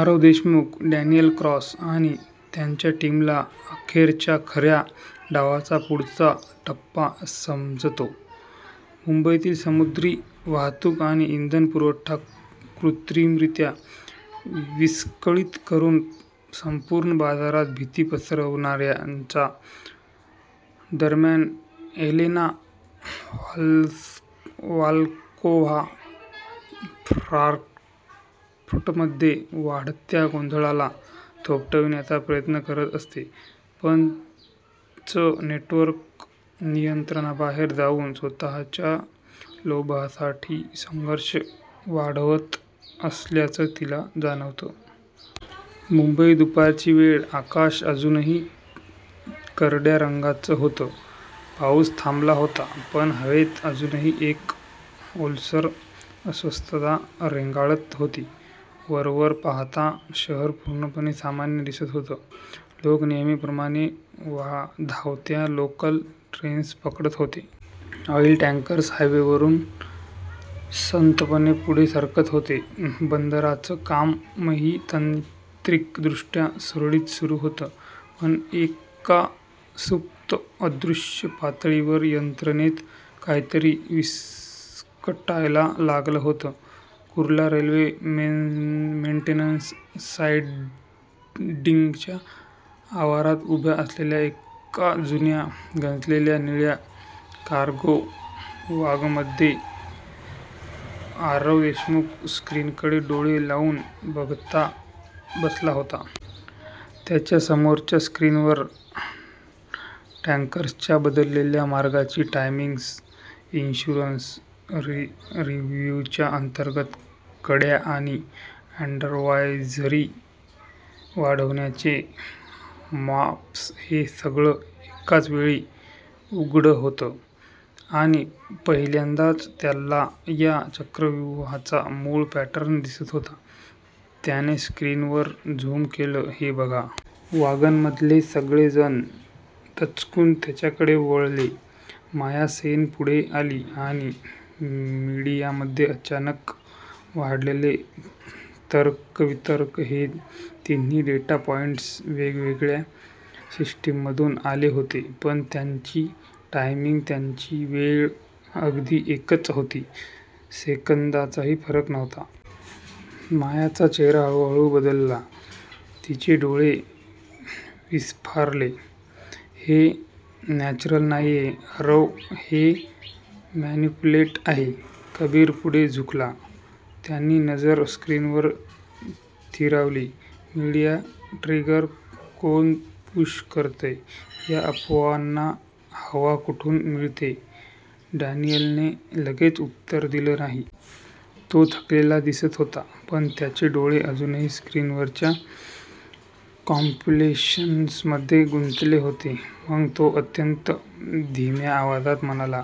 Aarav Deshmukh, Daniel Cross आणि त्यांच्या टीमला अखेर च्या खऱ्या डावाचा पुढचा टप्पा समजतो मुंबईतील समुद्री वाहतूक आणि इंधन पुरवठा कृत्रिमरीत्या विस्कळीत करून संपूर्ण बाजारात भीती पसरवण्याचा. दरम्यान एलेना व्होल्कोव्हा फ्रँकफर्टमध्ये वाढत्या गोंधळाला थोपवण्याचा प्रयत्न करत असते, पण चं नेटवर्क नियंत्रणाबाहेर जाऊन स्वतःच्या लोभासाठी संघर्ष वाढवत असल्याचं तिला जाणवतं. मुंबई, दुपारची वेळ. आकाश अजूनही करड्या रंगाचं होतं. पाऊस थांबला होता, पण हवेत अजूनही एक ओलसर अस्वस्थता रेंगाळत होती. वरवर पाहता शहर पूर्णपणे सामान्य दिसत होतं. लोक नेहमीप्रमाणे धावत्या लोकल ट्रेन्स पकडत होते. ऑईल टँकर्स हायवेवरून संथपणे पुढे सरकत होते. बंदरांचं कामही तांत्रिकदृष्ट्या सुरळीत सुरू होतं. पण एका सुप्त, अदृश्य पातळीवर यंत्रणेत काहीतरी विस्कटायला लागलं होतं. कुर्ला रेल्वे मेंटेनन्स सायडिंगच्या आवारात उभ्या असलेल्या एका जुन्या, गंजलेल्या निळ्या कार्गो वॅगनमध्ये आरव देशमुख स्क्रीनकडे डोळे लावून बसला होता. त्याच्या समोरच्या स्क्रीनवर टँकर्सच्या बदललेल्या मार्गांची टायमिंग्स, इन्शुरन्स रिव्ह्यूच्या अंतर्गत कड्या आणि अॅडव्हायझरी वाढवण्याचे मॅप्स हे सगळं एकाच वेळी उघडं होतं आणि पहिल्यांदाच त्याला या चक्रव्यूहाचा मूळ पॅटर्न दिसत होता. त्याने स्क्रीनवर झूम केलं, "हे बघा. " वॅगनमधले सगळे जण दचकून त्याच्याकडे वळले. माया सेन पुढे आली आणि मीडियामध्ये अचानक वाढलेले तर्कवितर्क हे तिन्ही डेटा पॉइंट्स वेगवेगळ्या सिस्टीम्समधून आले होते, पण त्यांची टायमिंग त्यांची वेळ अगदी एकच होती. सेकंदाचाही फरक नव्हता. मायाचा चेहरा हळूहळू बदलला. तिचे डोळे विस्फारले. "हे नॅचरल नाहीये आरव हे मॅनिपुलेटेड आहे." कबीर पुढे झुकला. त्याची नजर स्क्रीनवर स्थिरावली. "मीडिया ट्रिगर कोण पुश करतंय? या अफवांना हवा कुठून मिळतेय? " डॅनियलने लगेच उत्तर दिलं नाही. तो थकलेला दिसत होता, पण त्याचे डोळे अजूनही स्क्रीनवरच्या कॅल्क्युलेशन्समध्ये गुंतले होते. मग तो अत्यंत धीम्या आवाजात म्हणाला,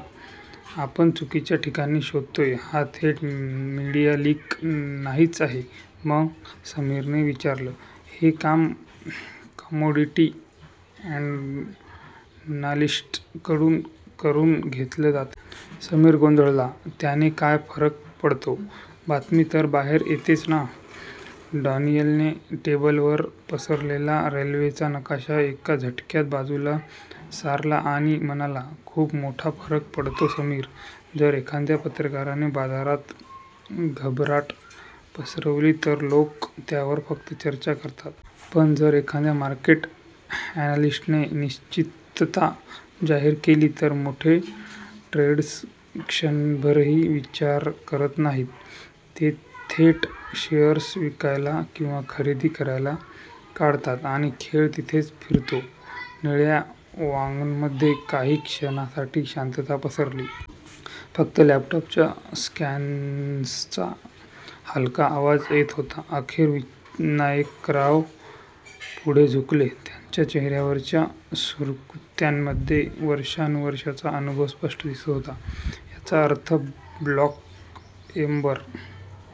"आपण चुकीच्या ठिकाणी शोधतोय. हा थेट मीडिया लीक नाहीच आहे." "मग? " समीरने विचारलं. "हे काम 'कमोडिटी अॅनालिस्ट्स' कडून करून घेतलं जातंय. " समीर गोंधळला, "त्याने काय फरक पडतो? बातमी तर बाहेर येतेच ना? " डॅनियलने टेबलवर पसरलेला रेल्वेचा नकाशा एका झटक्यात बाजूला सारला आणि म्हणाला, "खूप मोठा फरक पडतो समीर. जर एखाद्या पत्रकाराने बाजारात घबराट पसरवली तर लोक त्यावर फक्त चर्चा करतात. पण जर एखाद्या मार्केट अॅनालिस्टने अनिश्चितता जाहीर केली. तर मोठे ट्रेडर्स क्षणभरही विचार करत नाहीत. ते थेट शेअर्स विकायला किंवा खरेदी करायला काढतात आणि खेळ तिथेच फिरतो. " निळ्या वॅगनमध्ये काही क्षणांसाठी शांतता पसरली. फक्त लॅपटॉपच्या फॅन्सचा हलका आवाज येत होता. अखेर विनायकराव पुढे झुकले. त्यांच्या चेहऱ्यावरच्या सुरकुत्यांमध्ये वर्षानुवर्षांचा अनुभव स्पष्ट दिसत होता." याचा अर्थ 'ब्लॅक एम्बर'